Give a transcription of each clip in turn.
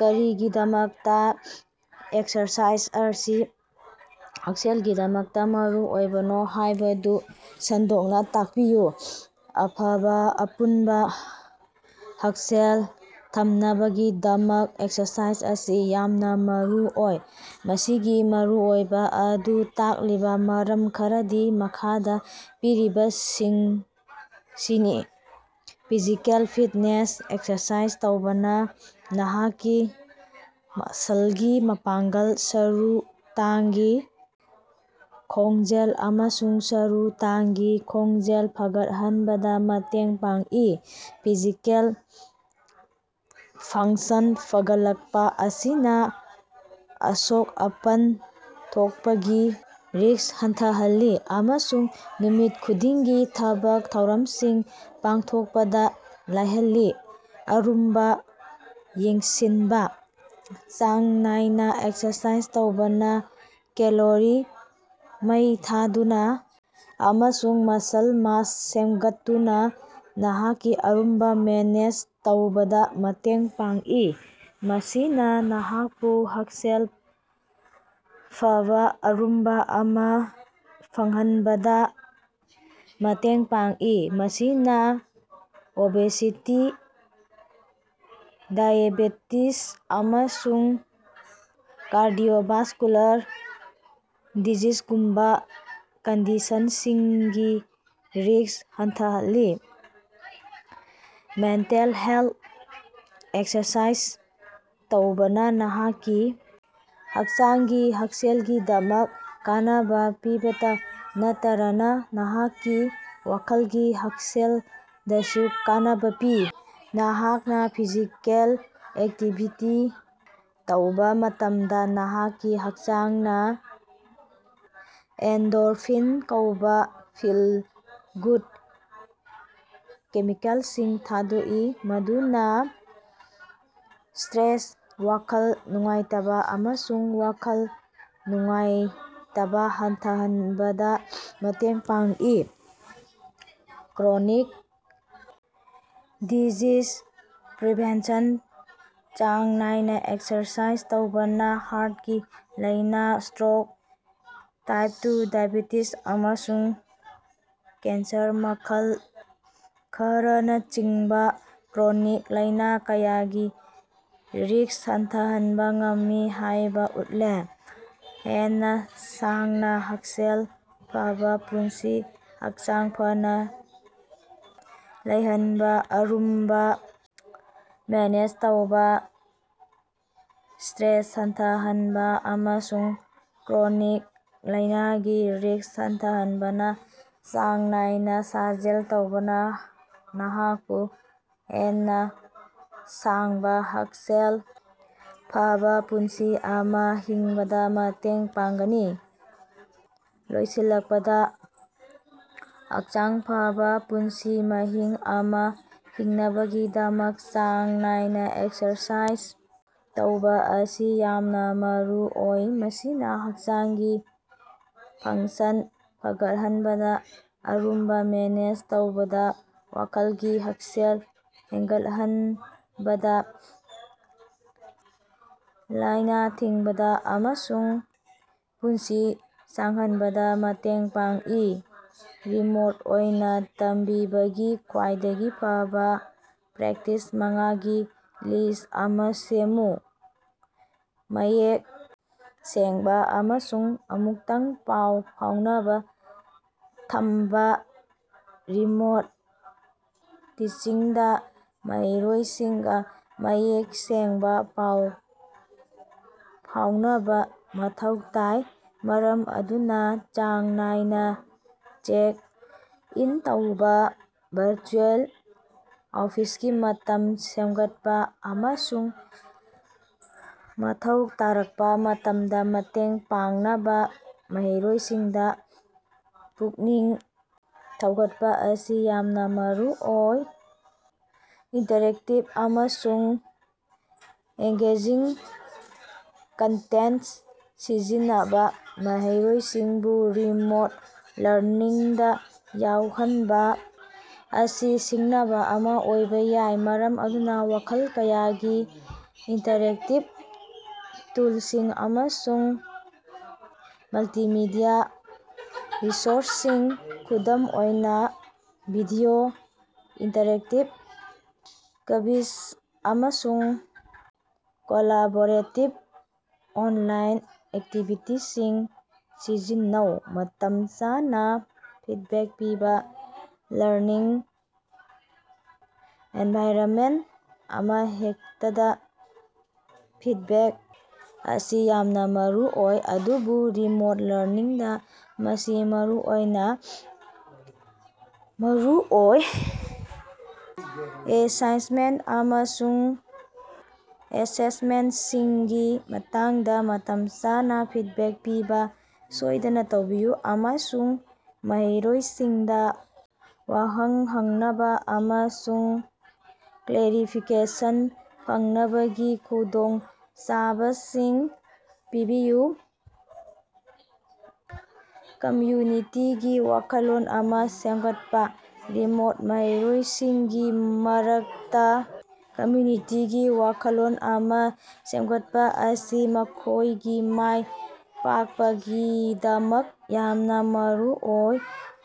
ꯀꯔꯤꯒꯤꯗꯃꯛꯇ ꯑꯦꯛꯁꯔꯁꯥꯏꯖ ꯑꯁꯤ ꯍꯛꯁꯦꯜꯒꯤꯗꯃꯛꯇꯥ ꯃꯔꯨꯑꯣꯏꯕꯅꯣ ꯍꯥꯏꯕꯗꯨ ꯁꯟꯗꯣꯛꯅ ꯇꯥꯛꯄꯤꯌꯨ꯫ ꯑꯐꯕ ꯑꯄꯨꯟꯕ ꯍꯛꯁꯦꯜ ꯊꯝꯅꯕꯒꯤꯗꯃꯛ ꯑꯦꯛꯁꯔꯁꯥꯏꯖ ꯑꯁꯤ ꯌꯥꯝꯅ ꯃꯔꯨꯑꯣꯏ꯫ ꯃꯁꯤꯒꯤ ꯃꯔꯨꯑꯣꯏꯕꯥ ꯑꯗꯨ ꯇꯥꯛꯂꯤꯕꯥ ꯃꯔꯝ ꯈꯔꯗꯤ ꯃꯈꯥꯗꯥ ꯄꯤꯔꯤꯕꯁꯤꯡꯁꯤꯅꯤ: ꯐꯤꯖꯤꯀꯦꯜ ꯐꯤꯠꯅꯦꯁ ꯑꯦꯛꯁꯔꯁꯥꯏꯖ ꯇꯧꯕꯅꯥ ꯅꯍꯥꯛꯀꯤ ꯃꯁꯂꯒꯤ ꯃꯄꯥꯡꯒꯜ, ꯁꯔꯨ ꯇꯥꯡꯒꯤ ꯈꯣꯡꯖꯦꯜ ꯑꯃꯁꯨꯡ ꯁꯔꯨ ꯇꯥꯡꯒꯤ ꯈꯣꯡꯖꯦꯜ ꯐꯒꯠꯍꯟꯕꯗꯥ ꯃꯇꯦꯡ ꯄꯥꯡꯏ꯫ ꯐꯤꯖꯤꯀꯦꯜ ꯐꯪꯛꯁꯟ ꯐꯒꯠꯂꯛꯄꯥ ꯑꯁꯤꯅꯥ ꯑꯁꯣꯛ-ꯑꯄꯟ ꯊꯣꯛꯄꯒꯤ ꯔꯤꯁꯛ ꯍꯟꯊꯍꯜꯂꯤ ꯑꯃꯁꯨꯡ ꯅꯨꯃꯤꯠ ꯈꯨꯗꯤꯡꯒꯤ ꯊꯕꯛ ꯊꯧꯔꯝꯁꯤꯡ ꯄꯥꯡꯊꯣꯛꯄꯗꯥ ꯂꯥꯏꯍꯜꯂꯤ ꯫ ꯑꯔꯨꯝꯕꯥ ꯌꯦꯡꯁꯤꯅꯕꯥ: ꯆꯥꯡ ꯅꯥꯏꯅꯥ ꯑꯦꯛꯁꯔꯁꯥꯏꯖ ꯇꯧꯕꯅꯥ ꯀꯦꯂꯣꯔꯤ ꯃꯩ ꯊꯥꯗꯨꯅꯥ ꯑꯃꯁꯨꯡ ꯃꯁꯜ ꯃꯥꯁ ꯁꯦꯝꯒꯠꯇꯨꯅꯥ ꯅꯍꯥꯛꯀꯤ ꯑꯔꯨꯝꯕꯥ ꯃꯦꯅꯦꯖ ꯇꯧꯕꯗꯥ ꯃꯇꯦꯡ ꯄꯥꯡꯏ꯫ ꯃꯁꯤꯅꯥ ꯅꯍꯥꯛꯄꯨ ꯍꯛꯁꯦꯜ ꯐꯕꯥ ꯑꯔꯨꯝꯕꯥ ꯑꯃꯥ ꯐꯪꯍꯟꯕꯗꯥ ꯃꯇꯦꯡ ꯄꯥꯡꯏ, ꯃꯁꯤꯅꯥ ꯑꯣꯕꯦꯁꯤꯇꯤ, ꯗꯥꯏꯑꯦꯕꯦꯇꯤꯖ, ꯑꯃꯁꯨꯡ ꯀꯥꯔꯗꯤꯑꯣꯚꯥꯁ꯭ꯀꯨꯂꯥꯔ ꯗꯤꯖꯤꯖꯒꯨꯝꯕꯥ ꯀꯟꯗꯤꯁꯟꯁꯤꯡꯒꯤ ꯔꯤꯁꯛ ꯍꯟꯊꯍꯜꯂꯤ꯫ ꯃꯦꯟꯇꯦꯜ ꯍꯦꯜꯊ: ꯑꯦꯛꯁꯔꯁꯥꯏꯖ ꯇꯧꯕꯅꯥ ꯅꯍꯥꯛꯀꯤ ꯍꯛꯆꯥꯡꯒꯤ ꯍꯛꯁꯦꯜꯒꯤꯗꯃꯛ ꯀꯥꯟꯅꯕꯥ ꯄꯤꯕꯇꯥ ꯅꯠꯇꯔꯅꯥ ꯅꯍꯥꯛꯀꯤ ꯋꯥꯈꯜꯒꯤ ꯍꯛꯁꯦꯜꯗꯁꯨ ꯀꯥꯟꯅꯕꯥ ꯄꯤ꯫ ꯅꯍꯥꯛꯅꯥ ꯐꯤꯖꯤꯀꯦꯜ ꯑꯦꯛꯇꯤꯚꯤꯇꯤ ꯇꯧꯕꯥ ꯃꯇꯝꯗꯥ, ꯅꯍꯥꯛꯀꯤ ꯍꯛꯆꯥꯡꯅꯥ ꯑꯦꯟꯗꯣꯔꯐꯤꯟ ꯀꯧꯕꯥ ꯐꯤꯜ-ꯒꯨꯗ ꯀꯦꯃꯤꯀꯦꯜꯁꯤꯡ ꯊꯥꯗꯣꯛꯏ, ꯃꯗꯨꯅꯥ ꯁ꯭ꯇꯔꯦꯁ, ꯋꯥꯈꯜ ꯅꯨꯡꯉꯥꯏꯇꯕꯥ ꯑꯃꯁꯨꯡ ꯋꯥꯈꯜ ꯅꯨꯡꯉꯥꯏꯇꯕꯥ ꯍꯟꯊꯍꯟꯕꯗꯥ ꯃꯇꯦꯡ ꯄꯥꯡꯏ꯫ ꯀ꯭ꯔꯣꯅꯤꯛ ꯗꯤꯖꯤꯖ ꯄ꯭ꯔꯤꯚꯦꯟꯁꯟ: ꯆꯥꯡ ꯅꯥꯏꯅꯥ ꯑꯦꯛꯁꯔꯁꯥꯏꯖ ꯇꯧꯕꯅꯥ ꯍꯥꯔꯇꯀꯤ ꯂꯥꯏꯅꯥ, ꯁ꯭ꯇꯔꯣꯛ, ꯇꯥꯏꯞ ꯇꯨ ꯗꯥꯏꯑꯦꯕꯦꯇꯤꯖ, ꯑꯃꯁꯨꯡ ꯀꯦꯟꯁꯔ ꯃꯈꯜ ꯈꯔꯅꯆꯤꯡꯕꯥ ꯀ꯭ꯔꯣꯅꯤꯛ ꯂꯥꯏꯅꯥ ꯀꯌꯥꯒꯤ ꯔꯤꯁꯛ ꯍꯟꯊꯍꯟꯕ ꯉꯝꯃꯤ ꯍꯥꯏꯕꯥ ꯎꯠꯂꯦ꯫ ꯍꯦꯟꯅꯥ ꯁꯥꯡꯅꯥ, ꯍꯛꯁꯦꯜ ꯐꯕꯥ ꯄꯨꯟꯁꯤ: ꯍꯛꯆꯥꯡ ꯐꯅꯥ ꯂꯩꯍꯅꯕꯥ, ꯑꯔꯨꯝꯕꯥ ꯃꯦꯅꯦꯖ ꯇꯧꯕꯥ, ꯁ꯭ꯇꯔꯦꯁ ꯍꯟꯊꯍꯟꯕ ꯑꯃꯁꯨꯡ ꯀ꯭ꯔꯣꯅꯤꯛ ꯂꯥꯏꯅꯥꯒꯤ ꯔꯤꯁꯛ ꯍꯟꯊꯍꯟꯕꯅꯥ ꯆꯥꯡ ꯅꯥꯏꯅꯥ ꯁꯥꯖꯦꯜ ꯇꯧꯕꯅꯥ ꯅꯍꯥꯛꯄꯨ ꯍꯦꯟꯅꯥ ꯁꯥꯡꯕꯥ, ꯍꯛꯁꯦꯜ ꯐꯕꯥ ꯄꯨꯟꯁꯤ ꯑꯃꯥ ꯍꯤꯡꯕꯗꯥ ꯃꯇꯦꯡ ꯄꯥꯡꯒꯅꯤ꯫ ꯂꯣꯏꯁꯤꯜꯂꯛꯄꯗꯥ, ꯍꯛꯆꯥꯡ ꯐꯕꯥ ꯄꯨꯟꯁꯤ ꯃꯍꯤꯡ ꯑꯃ ꯍꯤꯡꯅꯕꯒꯤꯗꯃꯛ ꯆꯥꯡ ꯅꯥꯏꯅꯥ ꯑꯦꯛꯁꯔꯁꯥꯏꯖ ꯇꯧꯕꯥ ꯑꯁꯤ ꯌꯥꯝꯅꯥ ꯃꯔꯨꯑꯣꯏ꯫ ꯃꯁꯤꯅꯥ ꯍꯛꯆꯥꯡꯒꯤ ꯐꯪꯛꯁꯟ ꯐꯒꯠꯍꯟꯕꯗꯥ, ꯑꯔꯨꯝꯕꯥ ꯃꯦꯅꯦꯖ ꯇꯧꯕꯗꯥ, ꯋꯥꯈꯜꯒꯤ ꯍꯛꯁꯦꯜ ꯍꯦꯟꯒꯠꯍꯅꯕꯗꯥ, ꯂꯥꯏꯅꯥ ꯊꯤꯡꯕꯗꯥ ꯑꯃꯁꯨꯡ ꯄꯨꯟꯁꯤ ꯁꯥꯡꯍꯅꯕꯗꯥ ꯃꯇꯦꯡ ꯄꯥꯡꯏ꯫ ꯔꯤꯃꯣꯠ ꯑꯣꯏꯅꯥ ꯇꯝꯕꯤꯕꯒꯤ ꯈ꯭ꯋꯥꯏꯗꯒꯤ ꯐꯕꯥ ꯄ꯭ꯔꯦꯛꯇꯤꯁ ꯃꯉꯥ ꯒꯤ ꯂꯤꯁꯠ ꯑꯃ ꯁꯦꯝꯃꯨ꯫ ꯃꯌꯦꯛ ꯁꯦꯡꯕꯥ ꯑꯃꯁꯨꯡ ꯑꯃꯨꯛꯇꯪ ꯄꯥꯎ ꯐꯥꯎꯅꯕꯥ ꯊꯝꯕꯥ ꯔꯤꯃꯣꯠ ꯇꯤꯆꯤꯡꯗꯥ ꯃꯍꯩꯔꯣꯏꯁꯤꯡꯒꯥ ꯃꯌꯦꯛ ꯁꯦꯡꯕꯥ ꯄꯥꯎ ꯐꯥꯑꯣꯅꯕꯥ ꯃꯊꯧ ꯇꯥꯏ, ꯃꯔꯝ ꯑꯗꯨꯅꯥ ꯆꯥꯡ ꯅꯥꯏꯅꯥ ꯆꯦꯛ-ꯏꯟ ꯇꯧꯕꯥ, ꯚꯔꯆꯨꯑꯦꯜ ꯑꯣꯐꯤꯁꯀꯤ ꯃꯇꯝ ꯁꯦꯝꯒꯠꯄꯥ, ꯑꯃꯁꯨꯡ ꯃꯊꯧ ꯇꯥꯔꯛꯄꯥ ꯃꯇꯝꯗ ꯃꯇꯦꯡ ꯄꯥꯡꯅꯕꯥ ꯃꯍꯩꯔꯣꯏꯁꯤꯡꯗꯥ ꯄꯨꯛꯅꯤꯡ ꯊꯧꯒꯠꯄꯥ ꯑꯁꯤ ꯌꯥꯝꯅꯥ ꯃꯔꯨꯑꯣꯏ꯫ ꯏꯟꯇꯔꯦꯛꯇꯤꯕ ꯑꯃꯁꯨꯡ ꯑꯦꯡꯒꯦꯖꯤꯡ ꯀꯟꯇꯦꯟꯇ ꯁꯤꯖꯤꯟꯅꯕꯥ: ꯃꯍꯩꯔꯣꯏꯁꯤꯡꯕꯨ ꯔꯤꯃꯣꯠ ꯂꯔꯅꯤꯡꯗꯥ ꯌꯥꯎꯍꯟꯕꯥ ꯑꯁꯤ ꯁꯤꯡꯅꯕꯥ ꯑꯃ ꯑꯣꯏꯕꯥ ꯌꯥꯏ, ꯃꯔꯝ ꯑꯗꯨꯅꯥ ꯃꯈꯜ ꯀꯌꯥꯒꯤ ꯏꯟꯇꯔꯦꯛꯇꯤꯕ ꯇꯨꯜꯁꯤꯡ ꯑꯃꯁꯨꯡ ꯃꯜꯇꯤꯃꯤꯗꯤꯌꯥ ꯔꯤꯁꯣꯔꯁꯁꯤꯡ, ꯈꯨꯗꯝ ꯑꯣꯏꯅꯥ ꯚꯤꯗꯤꯑꯣ, ꯏꯟꯇꯔꯦꯛꯇꯤꯕ ꯀ꯭ꯕꯤꯖ, ꯑꯃꯁꯨꯡ ꯀꯣꯂꯥꯕꯣꯔꯦꯇꯤꯕ ꯑꯣꯟꯂꯥꯏꯟ ꯑꯦꯛꯇꯤꯕꯤꯇꯤꯁꯤꯡ ꯁꯤꯖꯤꯟꯅꯧ꯫ ꯃꯇꯝ ꯆꯥꯅꯥ ꯐꯤꯗꯕꯦꯛ ꯄꯤꯕꯥ ꯂꯔꯅꯤꯡ ꯑꯦꯟꯚꯥꯏꯔꯅꯃꯦꯟꯇ ꯑꯃꯍꯦꯛꯇꯗꯥ ꯐꯤꯗꯕꯦꯛ ꯑꯁꯤ ꯌꯥꯝꯅꯥ ꯃꯔꯨꯑꯣꯏ, ꯑꯗꯨꯕꯨ ꯔꯤꯃꯣꯠ ꯂꯔꯅꯤꯡꯗꯥ ꯃꯁꯤ ꯃꯔꯨꯑꯣꯏꯅꯥ ꯃꯔꯨꯑꯣꯏ꯫ ꯑꯦꯁꯥꯏꯟꯃꯦꯟꯇ ꯑꯃꯁꯨꯡ ꯑꯦꯁꯦꯁꯃꯦꯟꯇꯁꯤꯡꯒꯤ ꯃꯇꯥꯡꯗꯥ ꯃꯇꯝ ꯆꯥꯅꯥ ꯐꯤꯗꯕꯦꯛ ꯄꯤꯕꯥ ꯁꯣꯏꯗꯅꯥ ꯇꯧꯕꯤꯌꯨ, ꯑꯃꯁꯨꯡ ꯃꯍꯩꯔꯣꯏꯁꯤꯡꯗꯥ ꯋꯥꯍꯪ ꯍꯪꯅꯕꯥ ꯑꯃꯁꯨꯡ ꯀ꯭ꯂꯦꯔꯤꯐꯤꯀꯦꯁꯟ ꯐꯪꯅꯕꯒꯤ ꯈꯨꯗꯣꯡꯆꯥꯕꯁꯤꯡ ꯄꯤꯕꯤꯌꯨ꯫ ꯀꯝꯃ꯭ꯌꯨꯅꯤꯇꯤꯒꯤ ꯋꯥꯈꯜꯂꯣꯟ ꯑꯃꯥ ꯁꯦꯝꯒꯠꯄꯥ: ꯔꯤꯃꯣꯠ ꯃꯍꯩꯔꯣꯏꯁꯤꯡꯒꯤ ꯃꯔꯛꯇꯥ ꯀꯝꯃ꯭ꯌꯨꯅꯤꯇꯤꯒꯤ ꯋꯥꯈꯜꯂꯣꯟ ꯑꯃꯥ ꯁꯦꯝꯒꯠꯄꯥ ꯑꯁꯤ ꯃꯈꯣꯏꯒꯤ ꯃꯥꯏ ꯄꯥꯛꯄꯒꯤꯗꯃꯛ ꯌꯥꯝꯅꯥ ꯃꯔꯨꯑꯣꯏ꯫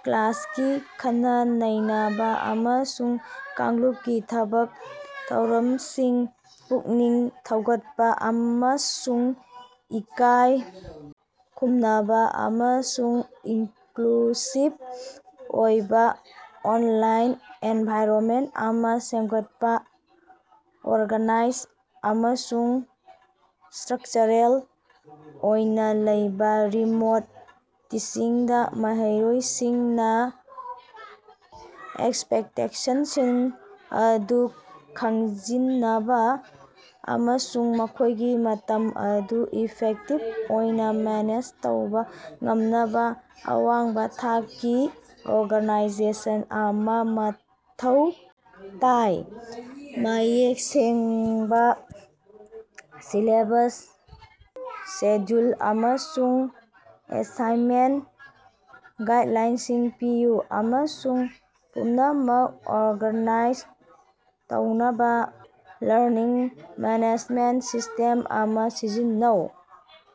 ꯀ꯭ꯂꯥꯁꯀꯤ ꯈꯟꯅ-ꯅꯩꯅꯕꯥ ꯑꯃꯁꯨꯡ ꯀꯥꯡꯂꯨꯞꯀꯤ ꯊꯕꯛ-ꯊꯧꯔꯝꯁꯤꯡ ꯄꯨꯛꯅꯤꯡ ꯊꯧꯒꯠꯄꯥ, ꯑꯃꯁꯨꯡ ꯏꯀꯥꯏ ꯈꯨꯝꯅꯕꯥ ꯑꯃꯁꯨꯡ ꯏꯟꯀꯂꯨꯁꯤꯚ ꯑꯣꯏꯕꯥ ꯑꯣꯟꯂꯥꯏꯟ ꯑꯦꯟꯚꯥꯏꯔꯅꯃꯦꯟꯇ ꯑꯃꯥ ꯁꯦꯝꯒꯠꯄꯥ꯫ ꯑꯣꯔꯒꯥꯅꯥꯏꯖ ꯑꯃꯁꯨꯡ ꯁ꯭ꯇꯔꯛꯆꯔꯦꯜ ꯑꯣꯏꯅꯥ ꯂꯩꯕꯥ ꯔꯤꯃꯣꯠ ꯇꯤꯆꯤꯡꯗꯥ ꯃꯍꯩꯔꯣꯏꯁꯤꯡꯅ ꯑꯦꯛꯁꯄꯦꯛꯇꯦꯁꯟꯁꯤꯡ ꯑꯗꯨ ꯈꯪꯖꯤꯅꯕꯥ ꯑꯃꯁꯨꯡ ꯃꯈꯣꯏꯒꯤ ꯃꯇꯝ ꯑꯗꯨ ꯏꯐꯦꯛꯇꯤꯚ ꯑꯣꯏꯅꯥ ꯃꯦꯅꯦꯖ ꯇꯧꯕꯥ ꯉꯝꯅꯕꯥ ꯑꯋꯥꯡꯕ ꯊꯥꯛꯀꯤ ꯑꯣꯔꯒꯥꯅꯥꯏꯖꯦꯁꯟ ꯑꯃꯥ ꯃꯊꯧ ꯇꯥꯏ꯫ ꯃꯌꯦꯛ ꯁꯦꯡꯕꯥ ꯁꯤꯂꯦꯕꯁ, ꯁꯦꯗ꯭ꯌꯨꯜ, ꯑꯃꯁꯨꯡ ꯑꯦꯁꯥꯏꯟꯃꯦꯟꯇ ꯒꯥꯏꯗꯂꯥꯏꯟꯁꯤꯡ ꯄꯤꯌꯨ, ꯑꯃꯁꯨꯡ ꯄꯨꯝꯅꯃꯛ ꯑꯣꯔꯒꯥꯅꯥꯏꯖ ꯇꯧꯅꯕ ꯂꯔꯅꯤꯡ ꯃꯦꯅꯦꯖꯃꯦꯟꯇ ꯁꯤꯁꯇꯦꯝ ꯑꯃꯥ ꯁꯤꯖꯤꯟꯅꯧ꯫